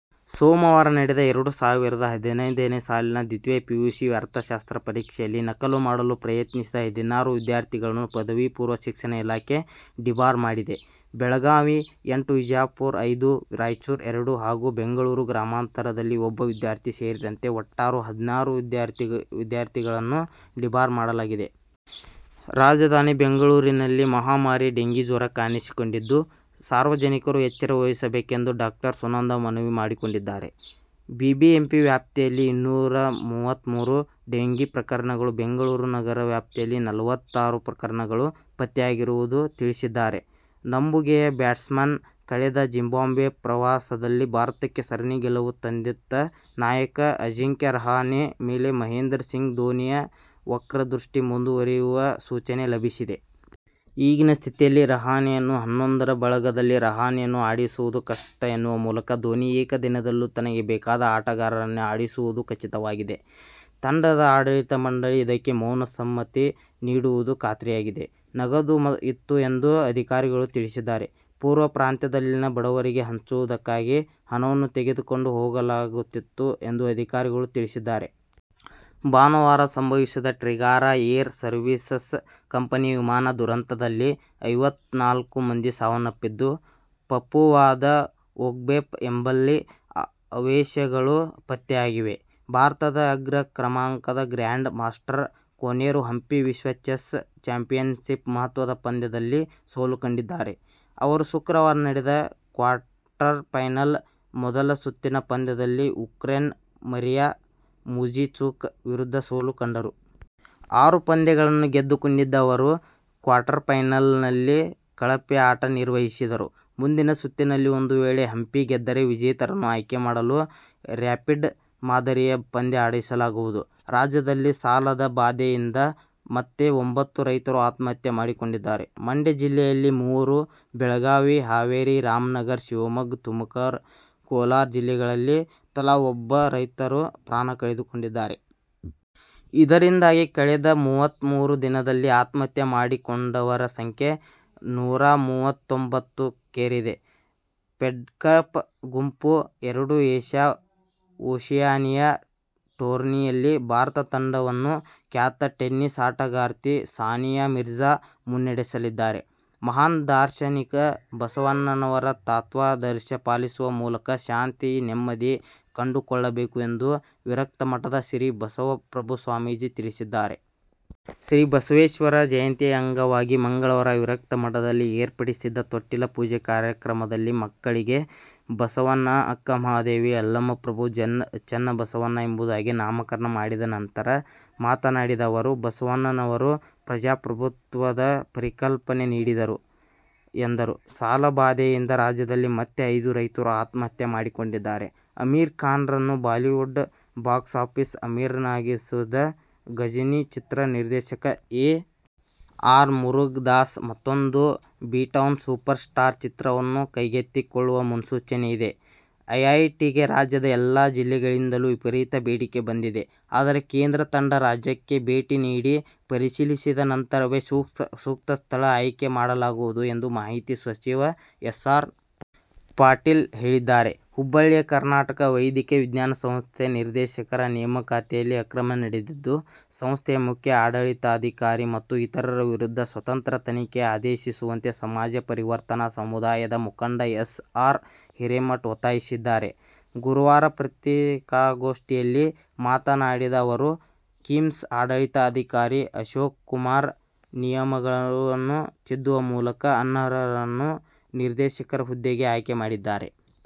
ಸೋಮವಾರ ನಡೆದ ಎರಡು ಸಾವಿರದ ಹದಿನೈದನೇ ಸಾಲಿನ ದ್ವಿತೀಯ ಪಿಯುಸಿ ಅರ್ಥಶಾಸ್ತ್ರ ಪರೀಕ್ಷೆಯಲ್ಲಿ ನಕಲು ಮಾಡಲು ಪ್ರಯತ್ನಿಸಿದ ಹದಿನಾರು ವಿದ್ಯಾರ್ಥಿಗಳನ್ನು ಪದವಿ ಪೂರ್ವ ಶಿಕ್ಷಣ ಇಲಾಖೆ ಡಿಬಾರ್ ಮಾಡಿದೆ. ಬೆಳಗಾವಿ- ಎಂಟು, ವಿಜಾಪುರ- ಐದು, ರಾಯಚೂರು- ಎರಡು ಹಾಗೂ ಬೆಂಗಳೂರು ಗ್ರಾಮಾಂತರದಲ್ಲಿ ಒಬ್ಬ ವಿದ್ಯಾರ್ಥಿ ಸೇರಿದಂತೆ ಒಟ್ಟಾರೆ ಹದಿನಾರು ವಿದ್ಯಾರ್ಥಿಗಳನ್ನು ಡಿಬಾರ್ ಮಾಡಲಾಗಿದೆ. ರಾಜಧಾನಿ ಬೆಂಗಳೂರಿನಲ್ಲಿ ಮಹಾಮಾರಿ ಡೇಂಘಿ ಜ್ವರ ಕಾಣಿಸಿಕೊಂಡಿದ್ದು, ಸಾರ್ವಜನಿಕರು ಎಚ್ಚರ ವಹಿಸಬೇಕೆಂದು ಡಾ. ಸುನಂದಾ ಮನವಿ ಮಾಡಿಕೊಂಡಿದ್ದಾರೆ. ಬಿಬಿಎಂಪಿ ವ್ಯಾಪ್ತಿಯಲ್ಲಿ ಇನ್ನೂರ ಮೂವತ್ತಮೂರು ಡೇಂಘೀ ಪ್ರಕರಣಗಳು, ಬೆಂಗಳೂರು ನಗರ ವ್ಯಾಪ್ತಿಯಲ್ಲಿ ನಲವತ್ತಾರು ಪ್ರಕರಣಗಳು ಪತ್ತೆಯಾಗಿರುವುದಾಗಿ ತಿಳಿಸಿದ್ದಾರೆ. ನಂಬುಗೆಯ ಬ್ಯಾಟ್ಸ್ಮನ್, ಕಳೆದ ಜಿಂಬಾಬ್ವೆ ಪ್ರವಾಸದಲ್ಲಿ ಭಾರತಕ್ಕೆ ಸರಣಿ ಗೆಲುವು ತಂದಿತ್ತ ನಾಯಕ ಅಜಿಂಕ್ಯ ರಹಾನೆ ಮೇಲೆ ಮಹೇಂದ್ರ ಸಿಂಗ್ ಧೋನಿಯ ವಕ್ರದೃಷ್ಟಿ ಮುಂದುವರಿಯುವ ಸೂಚನೆ ಲಭಿಸಿದೆ. ಈಗಿನ ಸ್ಥಿತಿಯಲ್ಲಿ ರಹಾನೆಯನ್ನು ಹನ್ನೊಂದರ ಬಳಗದಲ್ಲಿ ರಹಾನೆಯನ್ನು ಆಡಿಸುವುದು ಕಷ್ಟ ಎನ್ನುವ ಮೂಲಕ ಧೋನಿ ಏಕದಿನದಲ್ಲೂ ತನಗೆ ಬೇಕಾದ ಆಟಗಾರರನ್ನೇ ಆಡಿಸುವುದು ಖಚಿತವಾಗಿದೆ. ತಂಡದ ಆಡಳಿತ ಮಂಡಳಿ ಇದಕ್ಕೆ ಮೌನ ಸಮ್ಮತಿ ನೀಡುವುದೂ ಖಾತ್ರಿಯಾಗಿದೆ. ನಗದು ಇತ್ತು ಎಂದು ಅಧಿಕಾರಿಗಳು ತಿಳಿಸಿದ್ದಾರೆ. ಪೂರ್ವ ಪಾಂತ್ರ್ಯದಲ್ಲಿನ ಬಡವರಿಗೆ ಹಂಚುವುದಕ್ಕಾಗಿ ಹಣವನ್ನು ತೆಗೆದುಕೊಂಡು ಹೋಗಲಾಗುತ್ತಿತ್ತು ಎಂದು ಅಧಿಕಾರಿಗಳು ತಿಳಿಸಿದ್ದಾರೆ. ಭಾನುವಾರ ಸಂಭವಿಸಿದ ಟ್ರಿಗಾರಾ ಏರ್ ಸರ್ವೀಸಸ್ ಕಂಪನಿಯ ವಿಮಾನ ದುರಂತದಲ್ಲಿ ಐವತ್ತನಾಲ್ಕು ಮಂದಿ ಸಾವನ್ನಪ್ಪಿದ್ದು, ಪಪುವಾದ ಓಕ್ಬೇಪ್ ಎಂಬಲ್ಲಿ ಅವಶೇಷಗಳು ಪತ್ತೆಯಾಗಿವೆ. ಭಾರತದ ಅಗ್ರ ಕ್ರಮಾಂಕದ ಗ್ರ್ಯಾಂಡ್ ಮಾಸ್ಟರ್ ಕೊನೆರು ಹಂಪಿ ವಿಶ್ವ ಚೆಸ್ ಚಾಂಪಿಯನ್ಶಿಪ್ನ ಮಹತ್ವದ ಪಂದ್ಯದಲ್ಲಿ ಸೋಲು ಕಂಡಿದ್ದಾರೆ. ಅವರು ಶುಕ್ರವಾರ ನಡೆದ ಕ್ವಾರ್ಟರ್ ಫೈನಲ್ನ ಮೊದಲ ಸುತ್ತಿನ ಪಂದ್ಯದಲ್ಲಿ ಉಕ್ರೇನ್ನ ಮರಿಯಾ ಮುಜಿಚುಕ್ ವಿರುದ್ಧ ಸೋಲು ಕಂಡರು. ಆರು ಪಂದ್ಯಗಳನ್ನು ಗೆದ್ದುಕೊಂಡಿದ್ದ ಅವರು ಕ್ವಾರ್ಟರ್ಫೈನಲ್ನಲ್ಲಿ ಕಳಪೆ ಆಟ ನಿರ್ವಹಿಸಿದರು. ಮುಂದಿನ ಸುತ್ತಿನಲ್ಲಿ ಒಂದು ವೇಳೆ ಹಂಪಿ ಗೆದ್ದರೆ, ವಿಜೇತರನ್ನು ಆಯ್ಕೆ ಮಾಡಲು, ರ್ಯಾಪಿಡ್ ಮಾದರಿಯ ಪಂದ್ಯ ಆಡಿಸಲಾಗುವುದು. ರಾಜ್ಯದಲ್ಲಿ ಸಾಲದ ಬಾಧೆಯಿಂದ ಮತ್ತೆ ಒಂಬತ್ತು ರೈತರು ಆತ್ಮಹತ್ಯೆ ಮಾಡಿಕೊಂಡಿದ್ದಾರೆ. ಮಂಡ್ಯ ಜಿಲ್ಲೆಯಲ್ಲಿ ಮೂವರು, ಬೆಳಗಾವಿ, ಹಾವೇರಿ, ರಾಮನಗರ, ಶಿವಮೊಗ್ಗ, ತುಮಕೂರು, ಕೋಲಾರ ಜಿಲ್ಲೆಗಳಲ್ಲಿ ತಲಾ ಒಬ್ಬ ರೈತರು ಪ್ರಾಣ ಕಳೆದುಕೊಂಡಿದ್ದಾರೆ. ಇದರಿಂದಾಗಿ ಕಳೆದ ಮೂವತ್ತಮೂರು ದಿನದಲ್ಲಿ ಆತ್ಮಹತ್ಯೆ ಮಾಡಿಕೊಂಡವರ ಸಂಖ್ಯೆ ನೂರಾಮೂವತ್ತೊಂಬ್ಬತ್ತು ಕ್ಕೇರಿದೆ. ಫೆಡ್ಕಪ್ ಗುಂಪು ಎರಡು ಏಶ್ಯಾ-ಒಶಿಯಾನಿಯಾ ಟೂರ್ನಿಯಲ್ಲಿ ಭಾರತ ತಂಡವನ್ನು ಖ್ಯಾತ ಟೆನ್ನಿಸ್ ಆಟಗಾರ್ತಿ ಸಾನಿಯಾ ಮಿರ್ಜಾ ಮುನ್ನಡೆಸಲಿದ್ದಾರೆ. ಮಹಾನ್ ದಾರ್ಶನಿಕ ಬಸವಣ್ಣನವರ ತತ್ವಾದರ್ಶ ಪಾಲಿಸುವ ಮೂಲಕ ಶಾಂತಿ, ನೆಮ್ಮದಿ ಕಂಡುಕೊಳ್ಳಬೇಕು ಎಂದು ವಿರಕ್ತ ಮಠದ ಶ್ರೀ ಬಸವಪ್ರಭು ಸ್ವಾಮೀಜಿ ತಿಳಿಸಿದ್ದಾರೆ. ಶ್ರೀ ಬಸವೇಶ್ವರ ಜಯಂತಿ ಅಂಗವಾಗಿ ಮಂಗಳವಾರ ವಿರಕ್ತ ಮಠದಲ್ಲಿ ಏರ್ಪಡಿಸಿದ್ದ ತೊಟ್ಟಿಲ ಪೂಜೆ ಕಾರ್ಯಕ್ರಮದಲ್ಲಿ ಮಕ್ಕಳಿಗೆ ಬಸವಣ್ಣ, ಅಕ್ಕಮಹಾದೇವಿ, ಅಲ್ಲಮಪ್ರಭು, ಚನ್ನಬಸವಣ್ಣ ಎಂಬುದಾಗಿ ನಾಮಕರಣ ಮಾಡಿದ ನಂತರ ಮಾತನಾಡಿದ ಅವರು, ಬಸವಣ್ಣನವರು ಪ್ರಜಾಪ್ರಭುತ್ವದಪರಿಕಲ್ಪನೆ ನೀಡಿದವರು ಎಂದರು. ಸಾಲಬಾಧೆಯಿಂದ ರಾಜ್ಯದಲ್ಲಿ ಮತ್ತೆ ಐದು ರೈತರು ಆತ್ಮಹತ್ಯೆ ಮಾಡಿಕೊಂಡಿದ್ದಾರೆ. ಅಮೀರ್ ಖಾನ್'ರನ್ನು ಬಾಲಿವುಡ್ ಬಾಕ್ಸಾಫೀಸ್ ಅಮೀರನಾಗಿಸಿದ ಘಜನಿ ಚಿತ್ರ ನಿರ್ದೇಶಕ ಎ. ಆರ್. ಮುರುಗದಾಸ್ ಮತ್ತೊಂದು ಬಿಟೌನ್ ಸೂಪರ್ ಸ್ಟಾರ್ ಚಿತ್ರವನ್ನು ಕೈಗೆತ್ತಿಕೊಳ್ಳುವ ಮುನ್ಸೂಚನೆಯಿದೆ. ಐಐಟಿಗೆ ರಾಜ್ಯದ ಎಲ್ಲಾ ಜಿಲ್ಲೆಗಳಿಂದಲೂ ವಿಪರೀತ ಬೇಡಿಕೆ ಬಂದಿದೆ. ಆದರೆ, ಕೇಂದ್ರ ತಂಡ ರಾಜ್ಯಕ್ಕೆ ಭೇಟಿ ನೀಡಿ ಪರಿಶೀಲಿಸಿದ ನಂತರವೇ ಸೂಕ್ತ ಸ್ಥಳ ಆಯ್ಕೆ ಮಾಡಲಾಗುವುದು ಎಂದು ಮಾಹಿತಿ, ಸಚಿವ ಎಸ್. ಆರ್. ಪಾಟೀಲ್ ಹೇಳಿದ್ದಾರೆ. ಹುಬ್ಬಳ್ಳಿಯ ಕರ್ನಾಟಕ ವೈದ್ಯಕೀಯ ವಿಜ್ಞಾನ ಸಂಸ್ಥೆ ನಿರ್ದೇಶಕರ ನೇಮಕಾತಿಯಲ್ಲಿ ಅಕ್ರಮ ನಡೆದಿದ್ದು, ಸಂಸ್ಥೆಯ ಮುಖ್ಯ ಆಡಳಿತಾಧಿಕಾರಿ ಮತ್ತು ಇತರರ ವಿರುದ್ಧ ಸ್ವತಂತ್ರ ತನಿಖೆಗೆ ಆದೇಶಿಸುವಂತೆ ಸಮಾಜ ಪರಿವರ್ತನಾ ಸಮುದಾಯದ ಮುಖಂಡ ಎಸ್. ಆರ್. ಹಿರೇಮಠ ಒತ್ತಾಯಿಸಿದ್ದಾರೆ. ಗುರುವಾರ ಪತ್ರಿಕಾಗೋಷ್ಠಿಯಲ್ಲಿ ಮಾತನಾಡಿದ ಅವರು, ಕಿಮ್ಸ್ ಆಡಳಿತಾಧಿಕಾರಿ ಅಶೋಕ್ಕುಮಾರ್ ನಿಯಮಗಳನ್ನು ತಿದ್ದುವ ಮೂಲಕ ಅನರ್ಹರನ್ನು ನಿರ್ದೇಶಕರ ಹುದ್ದೆಗೆ ಆಯ್ಕೆ ಮಾಡಿದ್ದಾರೆ.